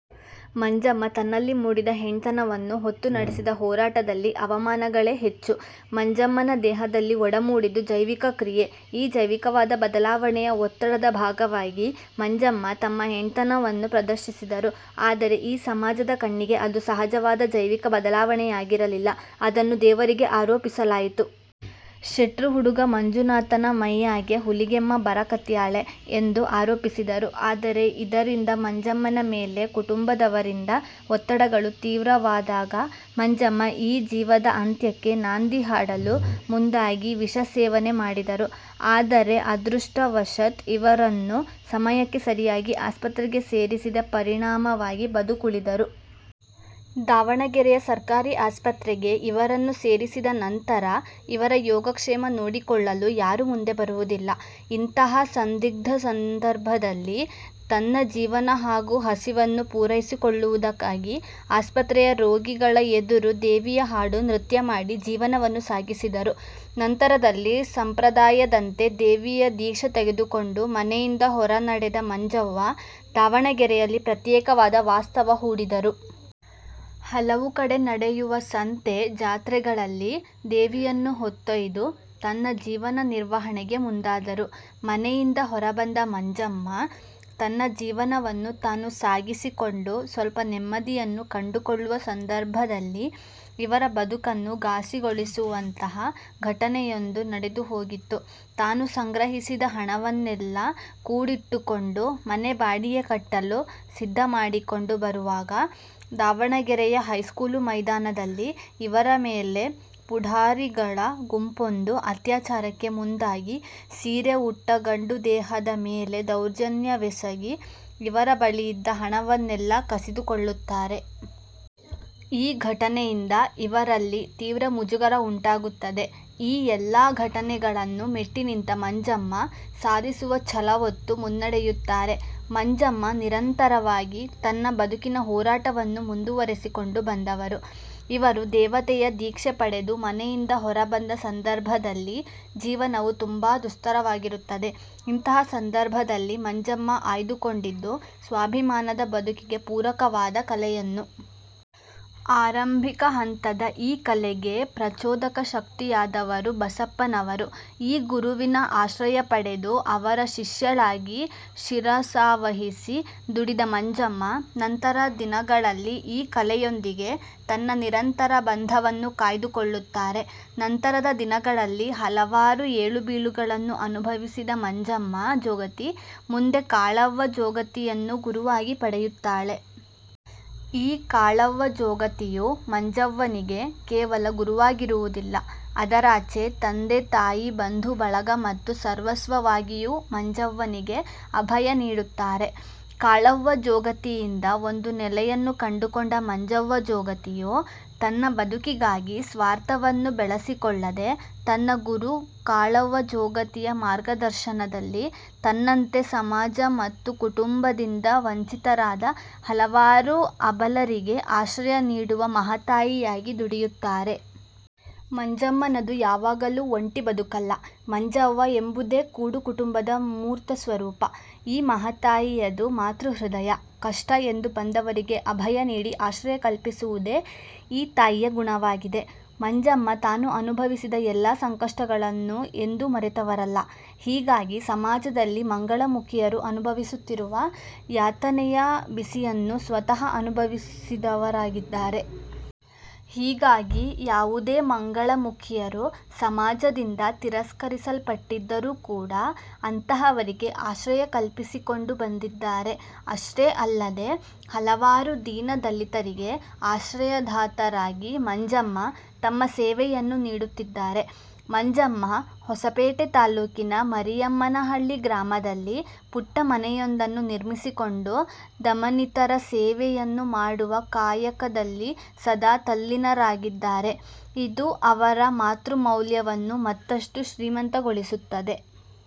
ಮಂಜಮ್ಮ ತನ್ನಲ್ಲಿ ಮೂಡಿದ ಹೆಣ್ತನವನ್ನು ಹೊತ್ತು ನಡೆಸಿದ ಹೋರಾಟದಲ್ಲಿ ಅವಮಾನಗಳೆ ಹೆಚ್ಚು. ಮಂಜಮ್ಮನ ದೇಹದಲ್ಲಿ ಒಡಮೂಡಿದ್ದು ಜೈವಿಕ ಕ್ರಿಯೆ. ಈ ಜೈವಿಕವಾದ ಬದಲಾವಣೆಯ ಒತ್ತಡದ ಭಾಗವಾಗಿ ಮಂಜಮ್ಮ ತಮ್ಮ ಹೆಣ್ತನವನ್ನು ಪ್ರದರ್ಶಿಸಿದರು. ಆದರೆ ಈ ಸಮಾಜದ ಕಣ್ಣಿಗೆ ಅದು ಸಹಜವಾದ ಜೈವಿಕ ಬದಲಾವಣೆಯಾಗಿರಲಿಲ್ಲ. ಅದನ್ನು ದೇವರಿಗೆ ಆರೋಪಿಸಲಾಯಿತು. 'ಶೆಟ್ರು ಹುಡುಗ ಮಂಜುನಾಥನ ಮೈಯಾಗೆ ಹುಲಿಗೆಮ್ಮ ಬರಕತ್ಯಾಳೆ' ಎಂದು ಆರೋಪಿಸಿದರು. ಆದರೆ ಇದರಿಂದ ಮಂಜಮ್ಮನ ಮೇಲೆ ಕುಟುಂಬದವರಿಂದ ಒತ್ತಡಗಳು ತೀವ್ರವಾದಾಗ ಮಂಜಮ್ಮ ಈ ಜೀವದ ಅಂತ್ಯಕ್ಕೆ ನಾಂದಿ ಹಾಡಲು ಮುಂದಾಗಿ ವಿಷ ಸೇವನೆ ಮಾಡಿದರು. ಆದರೆ ಅದೃಷ್ಟವಶತ್ ಇವರನ್ನು ಸಮಯಕ್ಕೆ ಸರಿಯಾಗಿ ಆಸ್ಪತ್ರೆಗೆ ಸೇರಿಸಿದ ಪರಿಣಾಮವಾಗಿ ಬದುಕುಳಿದರು. ದಾವಣಗೆರೆಯ ಸರ್ಕಾರಿ ಆಸ್ಪತ್ರೆಗೆ ಇವರನ್ನು ಸೇರಿಸಿದ ನಂತರ ಇವರ ಯೋಗಕ್ಷೇಮ ನೋಡಿಕೊಳ್ಳಲು ಯಾರು ಮುಂದೆ ಬರುವುದಿಲ್ಲ. ಇಂತಹ ಸಂದಿಗ್ಧ ಸಂದರ್ಭದಲ್ಲಿ ತನ್ನ ಜೀವನ ಹಾಗೂ ಹಸಿವನ್ನು ಪೂರೈಸಿಕೊಳ್ಳುವುದಕ್ಕಾಗಿ ಆಸ್ಪತ್ರೆಯ ರೋಗಿಗಳ ಎದುರು ದೇವಿಯ ಹಾಡು ನೃತ್ಯ ಮಾಡಿ ಜೀವನವನ್ನು ಸಾಗಿಸಿದರು. ನಂತರದಲ್ಲಿ ಸಂಪ್ರದಾಯದಂತೆ ದೇವಿಯ ದೀಕ್ಷೆ ತೆಗೆದುಕೊಂಡು ಮನೆಯಿಂದ ಹೊರ ನಡೆದ ಮಂಜವ್ವ ದಾವಣಗೆರೆಯಲ್ಲಿ ಪ್ರತ್ಯೇಕವಾದ ವಾಸ್ತವ್ಯ ಹೂಡಿದರು. ಹಲವು ಕಡೆ ನಡೆಯುವ ಸಂತೆ, ಜಾತ್ರೆಗಳಲ್ಲಿ ದೇವಿಯನ್ನು ಹೊತ್ತೊಯ್ದು ತನ್ನ ಜೀವನ ನಿರ್ವಹಣೆಗೆ ಮುಂದಾದರು. ಮನೆಯಿಂದ ಹೊರಬಂದ ಮಂಜಮ್ಮ ತನ್ನ ಜೀವನವನ್ನು ತಾನು ಸಾಗಿಸಿಕೊಂಡು ಸ್ವಲ್ಪ ನೆಮ್ಮದಿಯನ್ನು ಕಂಡುಕೊಳ್ಳುವ ಸಂದರ್ಭದಲ್ಲಿ ಇವರ ಬದುಕನ್ನು ಘಾಸಿಗೊಳಿಸುವಂತಹ ಘಟನೆಯೊಂದು ನಡೆದು ಹೋಗಿತ್ತು. ತಾನು ಸಂಗ್ರಹಿಸಿದ ಹಣವನ್ನೆಲ್ಲ ಕೂಡಿಟ್ಟುಕೊಂಡು ಮನೆ ಬಾಡಿಗೆ ಕಟ್ಟಲು ಸಿದ್ಧ ಮಾಡಿಕೊಂಡು ಬರುವಾಗ ದಾವಣಗೆರೆಯ ಹೈಸ್ಕೂಲು ಮೈದಾನದಲ್ಲಿ ಇವರ ಮೇಲೆ ಪುಢಾರಿಗಳ ಗುಂಪೊಂದು ಅತ್ಯಾಚಾರಕ್ಕೆ ಮುಂದಾಗಿ, ಸೀರೆ ಉಟ್ಟ ಗಂಡು ದೇಹದ ಮೇಲೆ ದೌರ್ಜನ್ಯವೆಸಗಿ, ಇವರ ಬಳಿಯಿದ್ದ ಹಣವನ್ನೆಲ್ಲ ಕಸಿದುಕೊಳ್ಳುತ್ತಾರೆ. ಈ ಘಟನೆಯಿಂದ ಇವರಲ್ಲಿ ತೀವ್ರ ಮುಜುಗರ ಉಂಟಾಗುತ್ತದೆ. ಈ ಎಲ್ಲಾ ಘಟನೆಗಳನ್ನು ಮೆಟ್ಟಿನಿಂತ ಮಂಜಮ್ಮ ಸಾಧಿಸುವ ಛಲವೊತ್ತು ಮುನ್ನಡೆಯುತ್ತಾರೆ. ಮಂಜಮ್ಮ ನಿರಂತರವಾಗಿ ತನ್ನ ಬದುಕಿನ ಹೋರಾಟವನ್ನು ಮುಂದುವರೆಸಿಕೊಂಡು ಬಂದವರು. ಇವರು ದೇವತೆಯ ದೀಕ್ಷೆ ಪಡೆದು ಮನೆಯಿಂದ ಹೊರಬಂದ ಸಂದರ್ಭದಲ್ಲಿ ಜೀವನವು ತುಂಬಾ ದುಸ್ತರವಾಗಿರುತ್ತದೆ. ಇಂತಹ ಸಂದರ್ಭದಲ್ಲಿ ಮಂಜಮ್ಮ ಆಯ್ದುಕೊಂಡಿದ್ದು ಸ್ವಾಭಿಮಾನದ ಬದುಕಿಗೆ ಪೂರಕವಾದ ಕಲೆಯನ್ನು. ಆರಂಭಿಕ ಹಂತದ ಈ ಕಲೆಗೆ ಪ್ರಚೋದಕ ಶಕ್ತಿಯಾದವರು ಬಸಪ್ಪನವರು. ಈ ಗುರುವಿನ ಆಶ್ರಯ ಪಡೆದು, ಅವರ ಶಿಷ್ಯಳಾಗಿ ಶಿರಸಾವಹಿಸಿ ದುಡಿದ ಮಂಜಮ್ಮ ನಂತರ ದಿನಗಳಲ್ಲಿ ಈ ಕಲೆಯೊಂದಿಗೆ ತನ್ನ ನಿರಂತದ ಬಂಧವನ್ನು ಕಾಯ್ದುಕೊಳ್ಳುತ್ತಾರೆ. ನಂತರದ ದಿನಗಳಲ್ಲಿ ಹಲವಾರು ಏಳುಬೀಳುಗಳನ್ನು ಅನುಭವಿಸಿದ ಮಂಜಮ್ಮ ಜೋಗತಿ ಮುಂದೆ ಕಾಳವ್ವ ಜೋಗತಿಯನ್ನು ಗುರುವಾಗಿ ಪಡೆಯುತ್ತಾಳೆ. ಈ ಕಾಳವ್ವ ಜೋಗತಿಯು ಮಂಜವ್ವನಿಗೆ ಕೇವಲ ಗುರುವಾಗಿರುವುದಿಲ್ಲ. ಅದರಾಚೆ ತಂದೆ ತಾಯಿ, ಬಂಧು ಬಳಗ ಮತ್ತು ಸರ್ವಸ್ವವಾಗಿಯೂ ಮಂಜವ್ವನಿಗೆ ಅಭಯ ನೀಡುತ್ತಾರೆ. ಕಾಳವ್ವ ಜೋಗತಿಯಿಂದ ಒಂದು ನೆಲೆಯನ್ನು ಕಂಡುಕೊಂಡ ಮಂಜವ್ವ ಜೋಗತಿಯು ತನ್ನ ಬದುಕಿಗಾಗಿ ಸ್ವಾರ್ಥವನ್ನು ಬೆಳೆಸಿಕೊಳ್ಳದೆ, ತನ್ನ ಗುರು ಕಾಳವ್ವ ಜೋಗತಿಯ ಮಾರ್ಗದರ್ಶನದಲ್ಲಿ ತನ್ನಂತೆ ಸಮಾಜ ಮತ್ತು ಕುಟುಂಬದಿಂದ ವಂಚಿತರಾದ ಹಲವಾರು ಅಬಲರಿಗೆ ಆಶ್ರಯ ನೀಡುವ ಮಹಾತಾಯಿಯಾಗಿ ದುಡಿಯುತ್ತಾರೆ. ಮಂಜಮ್ಮನದು ಯಾವಾಗಲೂ ಒಂಟಿ ಬದುಕಲ್ಲ. ಮಂಜವ್ವ ಎಂಬುದೇ ಕೂಡು ಕುಟುಂಬದ ಮೂರ್ತ ಸ್ವರೂಪ. ಈ ಮಹಾತಾಯಿಯದು ಮಾತೃ ಹೃದಯ. ಕಷ್ಟ ಎಂದು ಬಂದವರಿಗೆ ಅಭಯ ನೀಡಿ ಆಶ್ರಯ ಕಲ್ಪಿಸುವುದೆ ಈ ತಾಯಿಯ ಗುಣವಾಗಿದೆ. ಮಂಜಮ್ಮ ತಾನು ಅನುಭವಿಸಿದ ಎಲ್ಲಾ ಸಂಕಷ್ಟಗಳನ್ನು ಎಂದು ಮರೆತವರಲ್ಲ. ಹೀಗಾಗಿ ಸಮಾಜದಲ್ಲಿ ಮಂಗಳಮುಖಿಯರು ಅನುಭವಿಸುತ್ತಿರುವ ಯಾತನೆಯ ಬಿಸಿಯನ್ನು ಸ್ವತಃ ಅನುಭವಿಸಿದವರಾಗಿದ್ದಾರೆ. ಹೀಗಾಗಿ ಯಾವುದೇ ಮಂಗಳಮುಖಿಯರು ಸಮಾಜದಿಂದ ತಿರಸ್ಕರಿಸಲ್ಪಟ್ಟಿದ್ದರು ಕೂಡ ಅಂತಹವರಿಗೆ ಆಶ್ರಯ ಕಲ್ಪಿಸಿಕೊಂಡು ಬಂದಿದ್ದಾರೆ. ಅಷ್ಟೇ ಅಲ್ಲದೆ ಹಲವಾರು ದೀನ ದಲಿತರಿಗೆ ಆಶ್ರಯಧಾತರಾಗಿ ಮಂಜಮ್ಮ ತಮ್ಮ ಸೇವೆಯನ್ನು ನೀಡುತ್ತಿದ್ದಾರೆ. ಮಂಜಮ್ಮ ಹೊಸಪೇಟೆ ತಾಲ್ಲೂಕಿನ ಮರಿಯಮ್ಮನಹಳ್ಳಿ ಗ್ರಾಮದಲ್ಲಿ ಪುಟ್ಟ ಮನೆಯೊಂದನ್ನು ನಿರ್ಮಿಸಿಕೊಂಡು ದಮನಿತರ ಸೇವೆಯನ್ನು ಮಾಡುವ ಕಾಯಕದಲ್ಲಿ ಸದಾ ತಲ್ಲಿನರಾಗಿದ್ದಾರೆ. ಇದು ಅವರ ಮಾತೃ ಮೌಲ್ಯವನ್ನು ಮತ್ತಷ್ಟು ಶ್ರೀಮಂತಗೊಳಿಸುತ್ತದೆ.